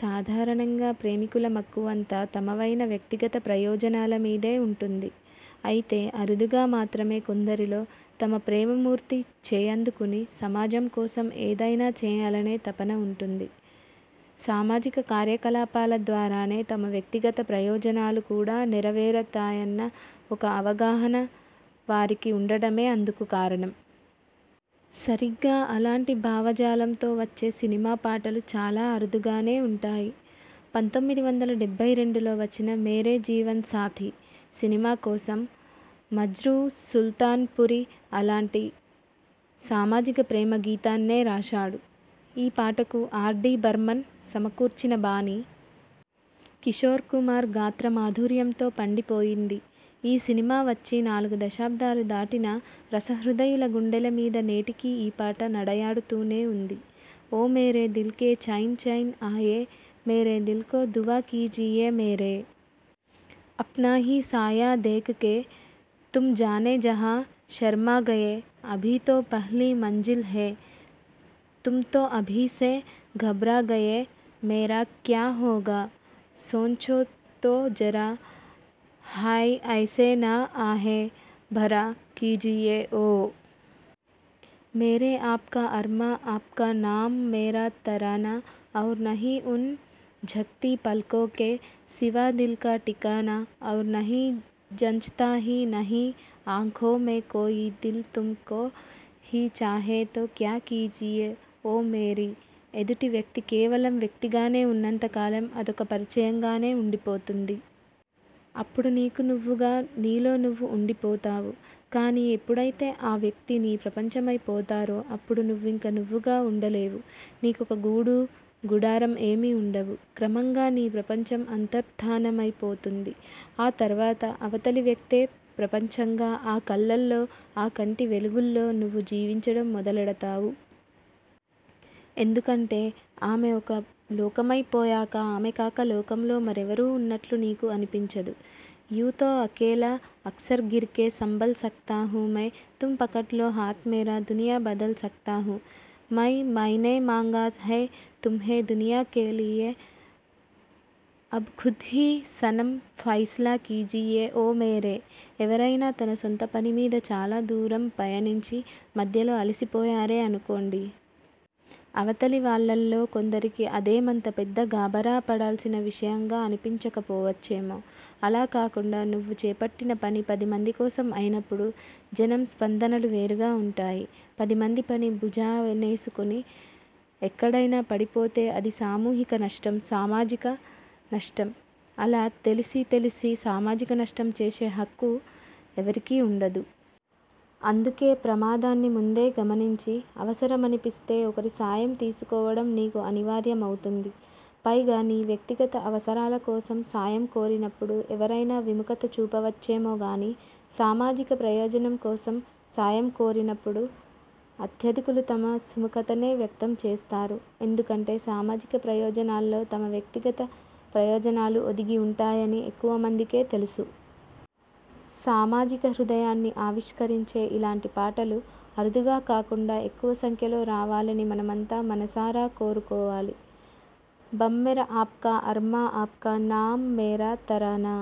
సాధారణంగా ప్రేమికుల మక్కువంతా తమవైన వ్యక్తిగత ప్రయోజనాల మీదే ఉంటుంది. అయితే, అరుదుగా మాత్రమే కొందరిలో తన ప్రేమ మూర్తి చేయందుకుని సమాజం కోసం ఏదైనా చేయాలనే తపన ఉంటుంది. సామాజిక కార్య కలాపాల ద్వారానే తమ వ్యక్తిగత ప్రయోజనాలు కూడా నెర వేరతాయన్న ఒక అవగాహన వారికి ఉండడమే అందుకు కారణం. సరిగ్గా అలాంటి భావ జాలంతో వచ్చే సినిమా పాటలు చాలా అరుదుగానే ఉంటాయి. పంతొమ్మిది వందల డెబ్బై రెండులో వచ్చిన 'మేరే జీవన్ సాథీ' సినిమా కోసం మజ్రూహ్ సుల్తాన్పురి అలాంటి సామాజిక ప్రేమ గీతాన్నే రాశాడు. ఈ పాటకు ఆర్. డి బర్మన్ సమకూర్చిన బాణీ.. కిశోర్ కుమార్ గాత్ర మాధుర్యంతో పండిపోయింది. ఈ సినిమా వచ్చి నాలుగు దశాబ్దాలు దాటినా రస హృదయుల గుండెల మీద నేటికీ ఈ పాట నడయాడుతూనే ఉంది. ఓ మేరే దిల్ కే చైన్ చైన్ ఆయే మేరే దిల్ కో దువా కీజియే మేరే అప్నా హీ సాయా దేఖ్ కే తుమ్ జానె జహా శర్మాగయే అభీ తో పహ్లీ మంజిల్ హై తుమ్ తో అభీ సే ఘబ్రాగయే మేరా క్యా హోగా, సోంచో తో జరా హాయ్ ఐసే న ఆహేఁ భరా కీజియే / ఓ మేరే ఆప్కా అర్మా ఆప్కా నామ్ మేరా తరానా ఔర్ నహీ ఉన్ ఝుక్తీ పల్కో కే సివా దిల్ కా టికానా ఔర్ నహీ జంచ్తా he Nahi ఆంఖో May కోయీ Dil తుమ్కో he చాహే తో క్యా కీజియే ఓ మేరి ఎదుటి వ్యక్తి కేవలం వ్యక్తిగానే ఉన్నంత కాలం, అదొక పరిచయంగానే ఉండి పోతుంది. అప్పుడు నీకు నువ్వుగా, నీలో నువ్వు ఉండి పోతావు. కానీ, ఎప్పుడైతే ఆ వ్యక్తి నీ ప్రపంచమై పోతారో అప్పుడు నువ్వింక నువ్వుగా ఉండలేవు. నీకొక గూడూ గుడారం ఏమీ ఉండవు. క్రమంగా నీ ప్రపంచం అంతర్థానమైపోతుంది. ఆ తర్వాత అవతలి వ్యక్తే ప్రపంచంగా ఆ కళ్లల్లో, ఆ కంటి వెలుగుల్లో నువ్వు జీవించడం మొదలెడతావు. ఎందుకంటే ఆమె ఒక లోకమై పోయాక ఆమె కాక లోకంలో మరెవరూ ఉన్నట్లు నీకు అనిపించదు. యూ తో అకేలా అక్సర్ గిర్ కే సంభల్ సక్తా హు మై తుమ్ పకడ్లో హాథ్ మేరా దునియా బదల్ సక్తా హు మై మైనే మాంగా హై తుమ్హే దునియా కే లియే అభ్ ఖుద్ హీ సనమ్ ఫైస్లా కీజియే ఓ మేరే ఎవరైనా తన సొంత పని మీద చాలా దూరం పయనించి మధ్యలో అలసిపోయారే అనుకోండి. అవతలి వాళ్లల్లో కొందరికి అదేమంత పెద్ద గాబరా పడాల్సిన విషయంగా అనిపించకపోవచ్చేమో! అలా కాకుండా నువ్వు చేపట్టిన పని పదిమంది కోసం అయినప్పుడు జనం స్పందనలు వేరుగా ఉంటాయి. పదిమంది పని భుజా నేసుకుని ఎక్కడైనా పడిపోతే అది సామూహిక నష్టం, సామాజిక నష్టం. అలా తెలిసి తెలిసి సామాజిక నష్టం చేసే హక్కు ఎవరికీ ఉండదు. అందుకే ప్రమాదాన్ని ముందే గమనించి అవసరమనిపిస్తే ఒకరి సాయం తీసుకోవడం నీకు అనివార్య మవుతుంది. పైగా నీ వ్యక్తిగత అవసరాల కోసం సాయం కోరినప్పుడు ఎవరైనా విముఖత చూపవచ్చేమో గానీ, సామాజిక ప్రయోజనం కోసం సాయం కోరినప్పుడు అత్యధికులు తమ సుముఖతనే వ్యక్తం చేస్తారు. ఎందుకంటే సామాజిక ప్రయోజనాల్లో తమ వ్యక్తిగత ప్రయోజనాలు ఒదిగి ఉంటాయని ఎక్కువ మందికే తెలుసు. సామాజిక హృదయాన్ని ఆవిష్కరించే ఇలాంటి పాటలు అరుదుగా కాకుండా ఎక్కువ సంఖ్యలో రావాలని మనమంతా మనసారా కోరుకోవాలి. బమ్మెర ఆప్కా అర్మా ఆప్కా నామ్ మేరా తరానా